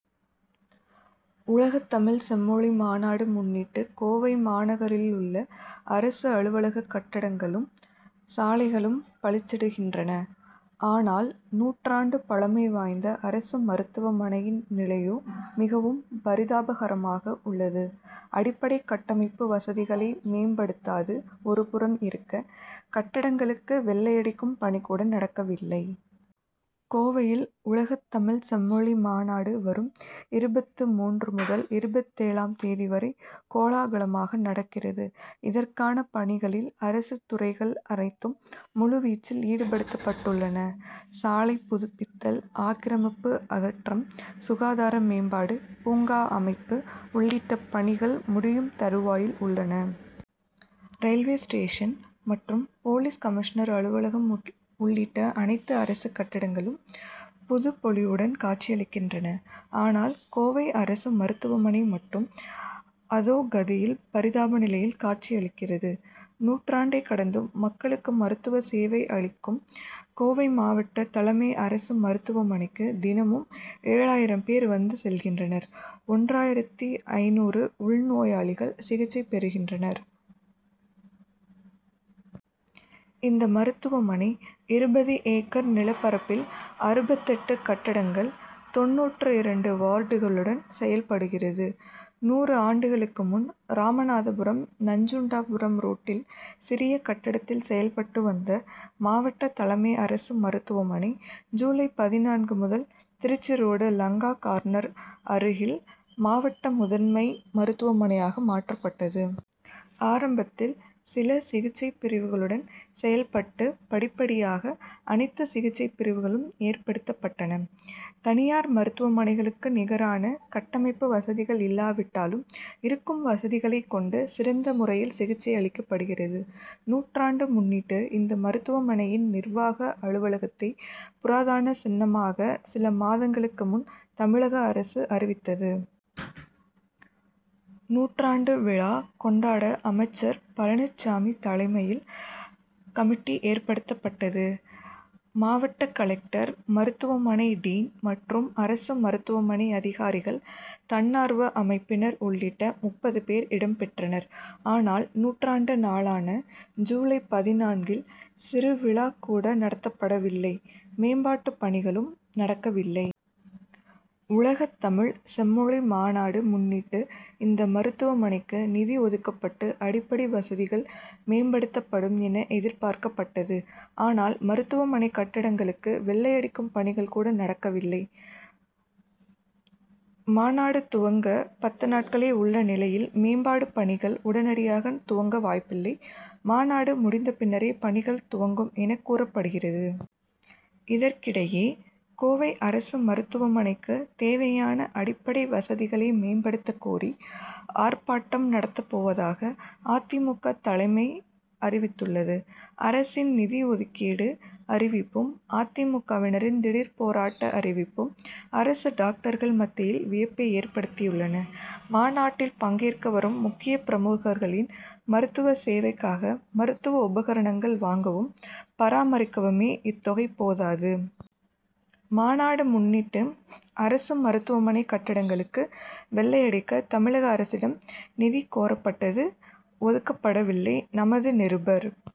! உலகத்தமிழ் செம்மொழி மாநாடு முன்னிட்டு கோவை மாநகரிலுள்ள அரசு அலுவலக கட்டடங்களும், சாலைகளும் பளிச்சிடுகின்றன. ஆனால், நூற்றாண்டு பழமை வாய்ந்த அரசு மருத்துவமனையின் நிலையோ மிகவும் பரிதாபகரமாக உள்ளது. அடிப்படை கட்டமைப்பு வசதிகளை மேம்படுத்தாதது ஒருபுறம் இருக்க, கட்டடங்களுக்கு வெள்ளையடிக்கும் பணி கூட நடக்கவில்லை. கோவையில், உலகத்தமிழ்ச் செம்மொழி மாநாடு வரும் இருபத்து மூன்று முதல் இருபத்தேழாம் தேதி வரை கோலாகலமாக நடக்கிறது. இதற்கான பணிகளில் அரசுத் துறைகள் அனைத்தும் முழுவீச்சில் ஈடுபடுத்தப்பட்டுள்ளன. சாலை புதுப்பித்தல், ஆக்கிரமிப்பு அகற்றம், சுகாதார மேம்பாடு, பூங்கா அமைப்பு உள்ளிட்ட பணிகள் முடியும் தருவாயில் உள்ளன. ரயில்வே ஸ்டேஷன் மற்றும் போலீஸ் கமிஷனர் அலுவலகம் உள்ளிட்ட அனைத்து அரசு கட்டடங்களும் புது பொலிவுடன் காட்சியளிக்கின்றன. ஆனால், கோவை அரசு மருத்துவமனை மட்டும் அதோ கதியில் பரிதாப நிலையில் காட்சியளிக்கிறது. நூற்றாண்டை கடந்தும் மக்களுக்கு மருத்துவ சேவை அளிக்கும் கோவை மாவட்ட தலைமை அரசு மருத்துவமனைக்கு தினமும் ஏழாயிரம் பேர் வந்து செல்கின்றனர் ஒன்றாயிரத்து ஐந்நூறு உள்நோயாளிகள் சிகிச்சை பெறுகின்றனர். இந்த மருத்துவமனை இருபது ஏக்கர் நிலப்பரப்பில் அறுபத்தெட்டு கட்டடங்கள், தொண்ணூற்று இரண்டு வார்டுகளுடன் செயல்படுகிறது. நூறு ஆண்டுகளுக்கு முன், ராமநாதபுரம் நஞ்சுண்டாபுரம் ரோட்டில் சிறிய கட்டடத்தில் செயல்பட்டு வந்த மாவட்ட தலைமை அரசு மருத்துவமனை, ஜூலை பதினான்கு முதல் திருச்சி ரோடு, லங்கா கார்னர் அருகில் மாவட்ட முதன்மை மருத்துவமனையாக மாற்றப்பட்டது. ஆரம்பத்தில் சில சிகிச்சைப்பிரிவுகளுடன் செயல்பட்டு படிப்படியாக அனைத்து சிகிச்சைப்பிரிவுகளும் ஏற்படுத்தப்பட்டன. தனியார் மருத்துவமனைகளுக்கு நிகரான கட்டமைப்பு வசதிகள் இல்லாவிட்டாலும், இருக்கும் வசதிகளை கொண்டு சிறந்த முறையில் சிகிச்சை அளிக்கப்படுகிறது. நூற்றாண்டு முன்னிட்டு, இந்த மருத்துவமனையின் நிர்வாக அலுவலகத்தை புராதன சின்னமாக சில மாதங்களுக்கு முன் தமிழக அரசு அறிவித்தது. நூற்றாண்டு விழா கொண் டாட அமைச்சர் பழனிசாமி தலைமையில் கமிட்டி ஏற்படுத்தப்பட்டது. மாவட்ட கலெக்டர், மருத்துவமனை டீன்' மற்றும் அரசு மருத்துவமனை அதிகாரிகள், தன்னார்வ அமைப்பினர் உள்ளிட்ட முப்பது பேர் இடம் பெற்றனர். ஆனால், நூற்றாண்டு நாளான ஜூலை பதினான்கில் சிறு விழா கூட நடத்தப்படவில்லை மேம்பாட்டு பணிகளும் நடக்கவில்லை. உலகத்தமிழ் செம்மொழி மாநாடு முன்னிட்டு இந்த மருத்துவமனைக்கு நிதி ஒதுக்கப்பட்டு, அடிப்படை வசதிகள் மேம்படுத்தப்படும் என எதிர்பார்க்கப்பட்டது. ஆனால், மருத்துவமனை கட்டடங்களுக்கு வெள் ளையடிக்கும் பணிகள் கூட நடக்கவில்லை. மாநாடு துவங்க பத்து நாட்களே உள்ள நிலையில் மேம்பாடு பணிகள் உடனடியாக துவங்க வாய்ப்பில்லை. மாநாடு முடிந்தபின்னரே பணிகள் துவங்கும் என கூறப்படுகிறது. இதற்கிடையே, கோவை அரசு மருத்துவமனைக்கு தேவையான அடிப்படை வசதிகளை மேம்படுத்தக்கோரி, ஆர்ப்பாட்டம் நடத்தப்போவதாக அ. தி. மு. க., தலைமை அறிவித்துள்ளது. அரசின் நிதி ஒதுக்கீடு அறிவிப்பும், அ. தி. மு. க.,வினரின் திடீர் போராட்ட அறிவிப்பும், அரசு டாக்டர்கள் மத்தியில் வியப்பை ஏற்படுத்தியுள்ளன. மாநாட்டில் பங்கேற்க வரும் முக்கிய பிரமுகர்களின் மருத்துவ சேவைக்காக மருத்துவ உபகரணங்கள் வாங்கவும், பராமரிக்கவுமே இத்தொகை போதாது. மாநாடு முன்னிட்டு அரசு மருத்துவமனை கட்டடங்களுக்கு வெள்ளையடிக்க தமிழக அரசிடம் நிதி கோரப்பட்டது ஒதுக்கப்படவில்லை. நமது நிருபர் -